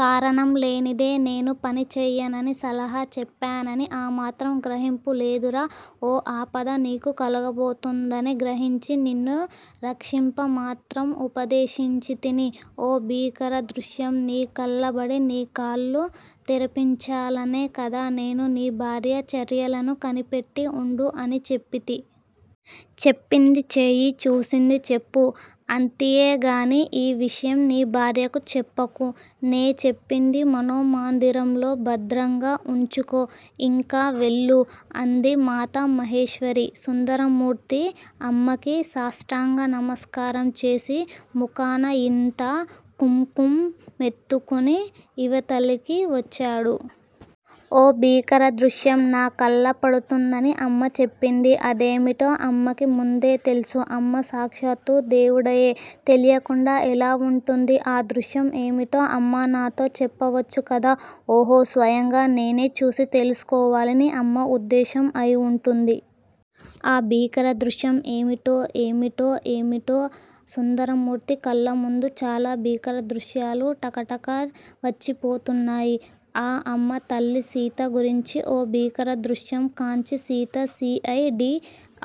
కారణం లేనిదే నేనే పని చేయనని సలహా చెప్పనని ఆ మాత్రం గ్రహింపు లేదురా. ఓ ఆపద నీకు కలగబోతున్నదని గ్రహించి నిన్ను రక్షింప మాత్రం ఉపదేశించితిని ఓ భీకర దృశ్యం నీ కళ్ళబడి నీ కాళ్లు తెరిపించాలనే కదా నేను నీ భార్య చర్యలను కనిపెట్టి ఉండు అని చెప్పితి. చెప్పింది చేయి చూసింది చెప్పు అంతియే గాని ఈ విషయం నీ భార్యకు చెప్పకు. నే చెప్పేది మనో మందిరంలో భద్రంగా ఉంచుకో ఇంక వెళ్ళు. అంది మాతా మహేశ్వరీ. సుందరమూర్తి అమ్మకి సాష్టాంగ నమస్కారం చేసి ముఖాన ఇంత కుంకుమ్ మెత్తుకుని ఇవతలికి వచ్చాడు. ఓ భీకర దృశ్యం నా కళ్ళ పడుతుందని అమ్మ చెప్పింది. అదేమిటో అమ్మకి ముందే తెల్సు. అమ్మ సాక్షాత్తూ దేవుడాయే. తెలియకుండా ఎలా వుంటుంది. ఆ దృశ్యం ఏమిటో అమ్మ నాతో చెప్పవచ్చు కదా! ఓహో స్వయంగా నేనే చూసి తెల్సుకోవాలని అమ్మ ఉద్దేశం అయివుంటుంది. ఆ భీకర దృశ్యం ఏమిటో ఏమిటో! ఏమిటో? సుందరమూర్తి కళ్ళముందు చాలా భీకర దృశ్యాలు టకటక వచ్చిపోతున్నాయి. ఆ అమ్మ తల్లి సీత గురించి ఓ భీకర దృశ్యం కాంచి సీత సి. ఐ. డి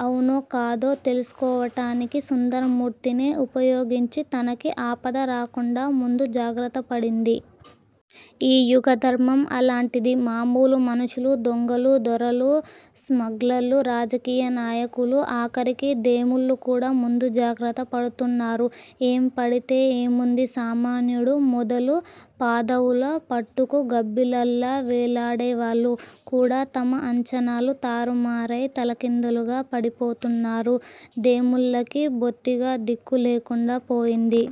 అవునో కాదో తెల్సుకోవటానికి సుందరమూర్తినే ఉపయోగించి తనకి ఆపద రాకుండా ముందు జాగ్రత్తపడింది. ఈ యుగధర్మం అలాంటిది, మామూలు మనుషులు, దొంగలు, దొరలు, స్మగ్లర్లు, రాజకీయ నాయకులు ఆఖరికి దేముళ్ళు కూడా ముందు జాగ్రత్త పడుతున్నారు. ఏం పడితే ఏ ముంది సామాన్యుడు మొదలు పాదవుల పట్టుకు గబ్బిలాల్లా వేలేడేవాళ్ళు కూడా తమ అంచనాలు తారుమారై తలకిందులుగా పడిపోతున్నారు. దేముల్లకి బొత్తిగా దిక్కు లేకుండా పోయింది.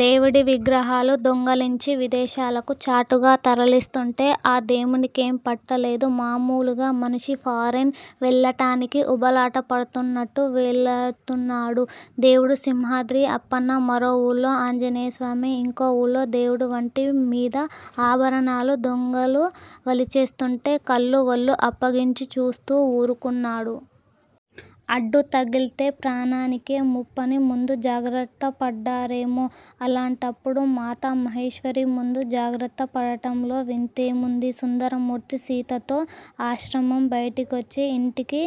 దేవుడి విగ్రహాలు దొంగలించి విదేశాలకు చాటుగా తరలిస్తుంటే ఆ దేమునికేం పట్టలేదు. మామూలుగా మనిషి ఫారెన్ వెళ్ళటానికి ఉబలాట పడుతున్నట్టు వెలతున్నడు దేవుడు సింహాద్రి అప్పన్న, మరో వూళ్ళో ఆంజనేయస్వామి, ఇంకో వూళ్ళో దేవుడు వంటి మీద ఆభరణాలు దొంగలు వలిచేస్తుంటే కళ్ళు వళ్ళు అప్పగించి చూస్తూ వురుకున్నాడు. అడ్డుతగిలితే ప్రాణానికే ముప్పని ముందు జాగ్రత్తపడ్డారేమో, అలాంటప్పుడు మాతా మహేశ్వరీ ముందు జాగ్రత్త పడటంలో వింతేముంది. సుందరమూర్తి సీతతో ఆశ్రమం బయటికొచ్చి ఇంటికి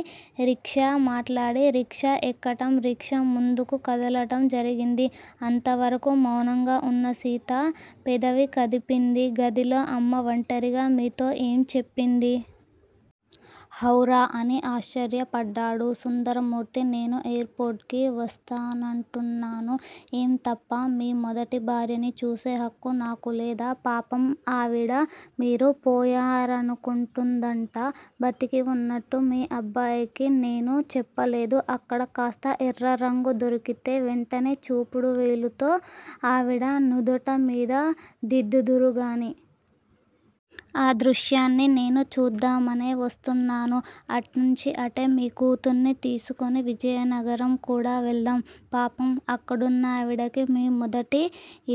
రిక్షా మాట్లాడి రిక్షా ఎక్కటం రిక్షా ముందుకు కదలటం జరిగింది. అంత వరకూ మౌనంగా ఉన్న సీత పెదవి కదిపింది. గదిలో అమ్మ వంటరిగా మీతో ఏం చెప్పింది? హౌరా! అని ఆశ్చర్యపడ్డాడు సుందరమూర్తి. నేనూ ఎయిర్ పోర్ట్ కి వస్తానంటున్నాను. ఏం! తప్పా మీ మొదటి భార్యని చూసే హక్కు నాకులేదా? పాపం ఆవిడ మీరు పోయారనుకుంటూందంట. బ్రతికి వున్నట్టు మీ అబ్బాయికి నేనూ చెప్పలేదు. అక్కడ కాస్త ఎర్రరంగు దొరికితే వెంటనే చూపుడు వేలుతో ఆవిడ నుదుటమీద దిద్దుదురుగాని. ఆ దృశ్యాన్ని నేనూ చూద్దామనే వస్తున్నాను. అట్నుంచి అటే మీ కూతుర్ని తీసుకుని విజయనగరం కూడా వెళ్దాం. పాపం అక్కడున్నావిడకి మీ మొదటి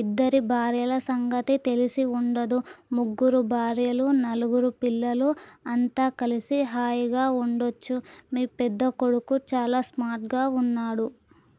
ఇద్దరి భార్యల సంగతి తెలిసి వుండదు. ముగ్గురు భార్యలు నలుగురు పిల్లలు అంతా కలిసి హాయిగా వుండొచ్చు. మీ పెద్ద కొడుకు చాలా స్మార్ట్ గా వున్నాడు.